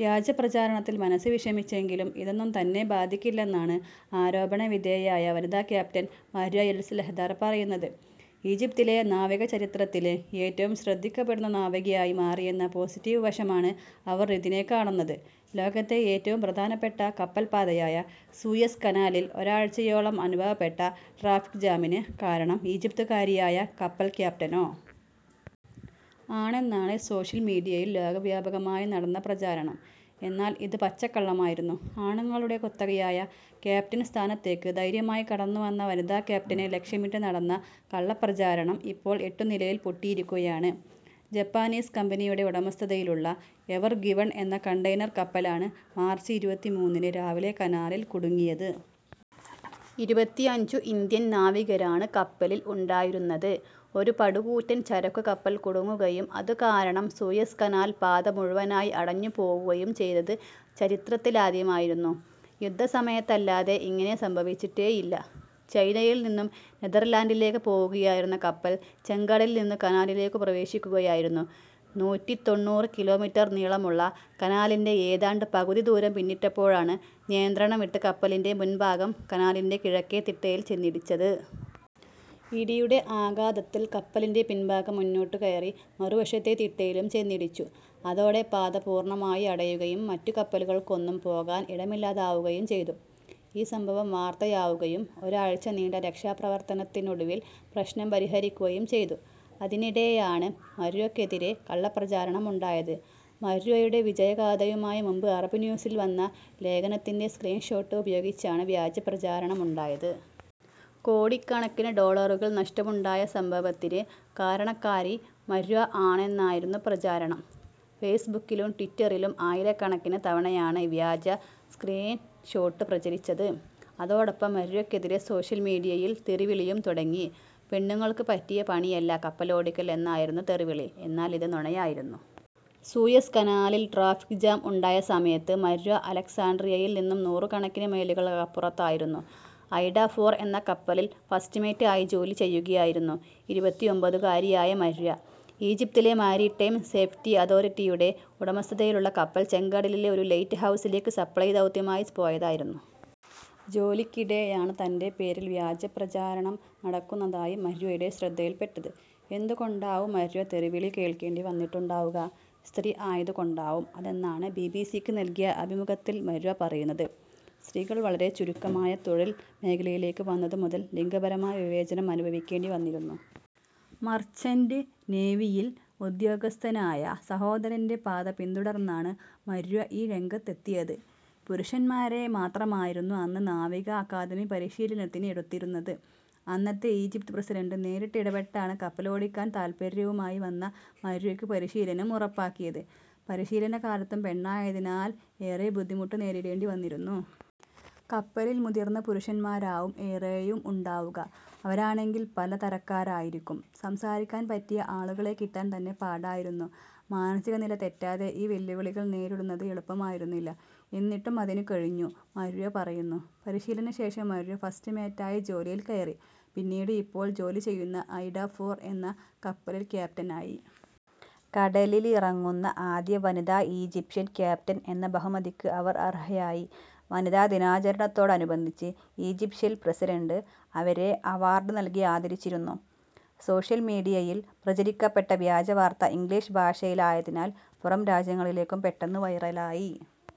വ്യാജപ്രചാരണത്തിൽ മനസ്സ് വിഷമിച്ചെങ്കിലും, ഇതൊന്നും തന്നെ ബാധിക്കില്ലെന്നാണ് ആരോപണ വിധേയയായ വനിതാ ക്യാപ്റ്റൻ മര്വ എല്സ് ലെഹദാർ പറയുന്നത്. ഈജിപ്തിലെ നാവിക ചരിത്രത്തിലെ ഏറ്റവും ശ്രദ്ധിക്കപ്പെടുന്ന നാവികയായി മാറിയെന്ന പോസിറ്റീവ് വശമാണ് അവർ ഇതിനെ കാണുന്നത്. ലോകത്തെ ഏറ്റവും പ്രധാനപ്പെട്ട കപ്പൽ പാതയായ സൂയസ് കനാലിൽ ഒരാഴ്ചയോളം അനുഭവപ്പെട്ട ട്രാഫിക് ജാമിന് കാരണം ഈജിപ്തുകാരിയായ കപ്പൽ ക്യാപ്റ്റനോ? ആണെന്നാണ് സോഷ്യൽ മീഡിയയിൽ ലോകവ്യാപകമായി നടന്ന പ്രചാരണം. എന്നാൽ, ഇത് പച്ചക്കള്ളമായിരുന്നു. ആണുങ്ങളുടെ കുത്തകയായ ക്യാപറ്റൻ സ്ഥാനത്തേക്ക് ധൈര്യമായി കടന്നു വന്ന വനിതാ ക്യാപ്റ്റനെ ലക്ഷ്യമിട്ട് നടന്ന കള്ളപ്രചാരണം ഇപ്പോൾ എട്ടുനിലയിൽ പൊട്ടിയിരിക്കുകയാണ്. ജപ്പാനീസ് കമ്പനിയുടെ ഉടമസ്ഥതയിലുളള എവർഗിവൺ എന്ന കണ്ടെയിനർ കപ്പലാണ് മാർച്ച് ഇരുപത്തിമൂന്നിന് രാവിലെ കനാലിൽ കുടുങ്ങിയത്. ഇരുപത്തിയഞ്ചു ഇന്ത്യൻ നാവികരാണ് കപ്പലിൽ ഉണ്ടായിരുന്നത്. ഒരു പടുകൂറ്റൻ ചരക്കുകപ്പൽ കുടുങ്ങുകയും അതുകാരണം സൂയസ് കനാൽ പാത മുഴുവനായി അടഞ്ഞുപോവുകയും ചെയ്തത്ചരിത്രത്തിലാദ്യമായിരുന്നു. യുദ്ധസമയത്തല്ലാതെ ഇങ്ങനെ സംഭവിച്ചിട്ടേയില്ല. ചൈനയിൽ നിന്നു നെതെർലാന്റിലേക്ക് പോവുകയായിരുന്ന കപ്പൽ ചെങ്കടലിൽ നിന്നു കനാലിലേക്കു പ്രവേശിക്കുകയായിരുന്നു. നൂറ്റിത്തൊണ്ണൂറ്‍ കിലോമീറ്റർ നീളമുള്ള കനാലിന്റെ ഏതാണ്ട് പകുതിദൂരം പിന്നിട്ടപ്പോഴാണ് നിയന്ത്രണം വിട്ട് കപ്പലിന്റെ മുൻഭാഗം കനാലിന്റെ കിഴക്കെ തിട്ടയിൽ ചെന്നിടിച്ചത്. ഇടിയുടെ ആഘാതത്തിൽ കപ്പലിന്റെ പിൻഭാഗം മുന്നോട്ടുകയറി മറുവശത്തെ തിട്ടയിലും ചെന്നിടിച്ചു. അതോടെ പാത പൂർണ്ണമായി അടയുകയും മറ്റു കപ്പലുകൾക്കൊന്നും പോകാൻ ഇടമില്ലാതാവുകയും ചെയ്തു. ഈ സംഭവം വാർത്തയാവുകയും ഒരാഴ്ച നീണ്ട രക്ഷാപ്രവർത്തനത്തിനൊടുവിൽ പ്രശ്നം പരിഹരിക്കുകയും ചെയ്തു. അതിനിടെയാണ്, മര്വക്കെതിരെ കള്ള പ്രചാരണം ഉണ്ടായത്. മര്വയുടെ വിജയഗാഥയുമായി മുമ്പ് അറബ് ന്യൂസിൽ വന്ന ലേഖനത്തിന്റെ സ്ക്രീൻ ഷോട്ട് ഉപയോഗിച്ചാണ് വ്യാജ പ്രചാരണമുണ്ടായത്. കോടിക്കണക്കിന് ഡോളറുകൾ നഷ്ടമുണ്ടായ സംഭവത്തിന് കാരണക്കാരി മര്വ ആണെന്നായിരുന്നു പ്രചാരണം. ഫേസ്ബുക്കിലും ട്വിറ്ററിലും ആയിരക്കണക്കിന് തവണയാണ് ഈ വ്യാജ സ്ക്രീൻ ഷോട്ട് പ്രചരിച്ചത്. അതോടൊപ്പം, മര്വക്കെതിരെ സോഷ്യൽ മീഡിയയിൽ തെറിവിളിയും തുടങ്ങി. പെണ്ണുങ്ങൾക്ക് പറ്റിയ പണിയല്ല കപ്പലോടിക്കൽ എന്നായിരുന്നു തെറിവിളി. എന്നാൽ, ഇത് നുണയായിരുന്നു. സൂയസ് കനാലിൽ ട്രാഫിക് ജാം ഉണ്ടായ സമയത്ത് മര്വ അലക്സാൻഡ്രിയയിൽ നിന്നും നൂറുകണക്കിന് മൈലുകൾക്കപ്പുറത്തായിരുന്നു. ഐഡ ഫോർ എന്ന കപ്പലിൽ ഫസ്റ്റ്മേറ്റ് ആയി ജോലി ചെയ്യുകയായിരുന്നു ഇരുപത്തിഒമ്പതുകാരിയായ മര്വ. ഈജിപ്തിലെ മാരിടൈം സേഫ്റ്റി അതോറിറ്റിയുടെ ഉടമസ്ഥതതയിലുള്ള കപ്പൽ ചെങ്കടലിലെ ഒരു ലൈറ്റ് ഹൗസിലേക്ക് സപ്ലൈ ദൗത്യവുമായി പോയതായിരുന്നു. ജോലിക്കിടെയാണ്, തന്റെ പേരിൽ വ്യാജപ്രചാരണം നടക്കുന്നതായി മര്വയുടെ ശ്രദ്ധയിൽ പെട്ടത്. എന്തു കൊണ്ടാവും മര്വ തെറിവിളി കേൾക്കേണ്ടി വന്നിട്ടുണ്ടാവുക? സ്ത്രീ ആയതു കൊണ്ടാവും അതെന്നാണ് ബിബിസിക്ക് നൽകിയ അഭിമുഖത്തിൽ മര്വ പറയുന്നത്. സ്ത്രീകൾ വളരെ ചുരുക്കമായ തൊഴിൽ മേഖലയിലേക്ക് വന്നതു മുതൽ ലിംഗപരമായ വിവേചനം അനുഭവിക്കേണ്ടി വന്നിരുന്നു. മർച്ചന്റ് നേവിയിൽ ഉദ്യോഗസ്ഥനായ സഹോദരന്റെ പാത പിന്തുടർന്നാണ് മര്വ ഈ രംഗത്തെത്തിയത്. പുരുഷന്മാരെ മാത്രമായിരുന്നു അന്ന് നാവിക അക്കാദമി പരിശീലനത്തിന് എടുത്തിരുന്നത്. അന്നത്തെ ഈജിപ്ത് പ്രസിഡന്റ് നേരിട്ട് ഇടപെട്ടാണ് കപ്പലോടിക്കാൻ താൽപര്യവുമായി വന്ന മര്വയ്ക്ക് പരിശീലനം ഉറപ്പാക്കിയത്. പരിശീലന കാലത്തും പെണ്ണായതിനാൽ ഏറെ ബുദ്ധിമുട്ടു നേരിടേണ്ടി വന്നിരുന്നു. '' കപ്പലിൽ മുതിർന്ന പുരുഷന്മാരാവും ഏറെയും ഉണ്ടാവുക. അവരാണെങ്കിൽ പല തരക്കാരായിരിക്കും. സംസാരിക്കാൻ പറ്റിയ ആളുകളെ കിട്ടാൻ തന്നെ പാടായിരുന്നു. മാനസിക നില തെറ്റാതെ, ഈ വെല്ലുവിളികൾ നേരിടുന്നത് എളുപ്പമായിരുന്നില്ല. എന്നിട്ടും അതിനു കഴിഞ്ഞു''മര്വ പറയുന്നു. പരിശീലനശേഷം മര്വ ഫസ്റ്റ്മേറ്റായി ജോലിയിൽ കയറി. പിന്നീട്, ഇപ്പോൾ ജോലി ചെയ്യുന്ന ഐഡ ഫോർ എന്ന കപ്പലിന്റെ ക്യാപ്റ്റനായി. കടലിലിറങ്ങുന്ന ആദ്യ വനിതാ ഈജിപ്ഷ്യൻ ക്യാപ്റ്റൻ എന്ന ബഹുമതിക്ക് അവർ അർഹയായി. വനിതാ ദിനാചരണത്തോടനുബന്ധിച്ച് ഈജിപ്ഷ്യൻ പ്രസിഡന്റ് അവരെ അവാർഡ് നല്കി ആദരിച്ചിരുന്നു. സോഷ്യൽ മീഡിയയിൽ പ്രചരിക്കപ്പെട്ട വ്യാജ വാർത്ത ഇംഗ്ലീഷ് ഭാഷയിലായതിനാൽ പുറം രാജ്യങ്ങളിലേക്കും പെട്ടെന്ന് വൈറലായി.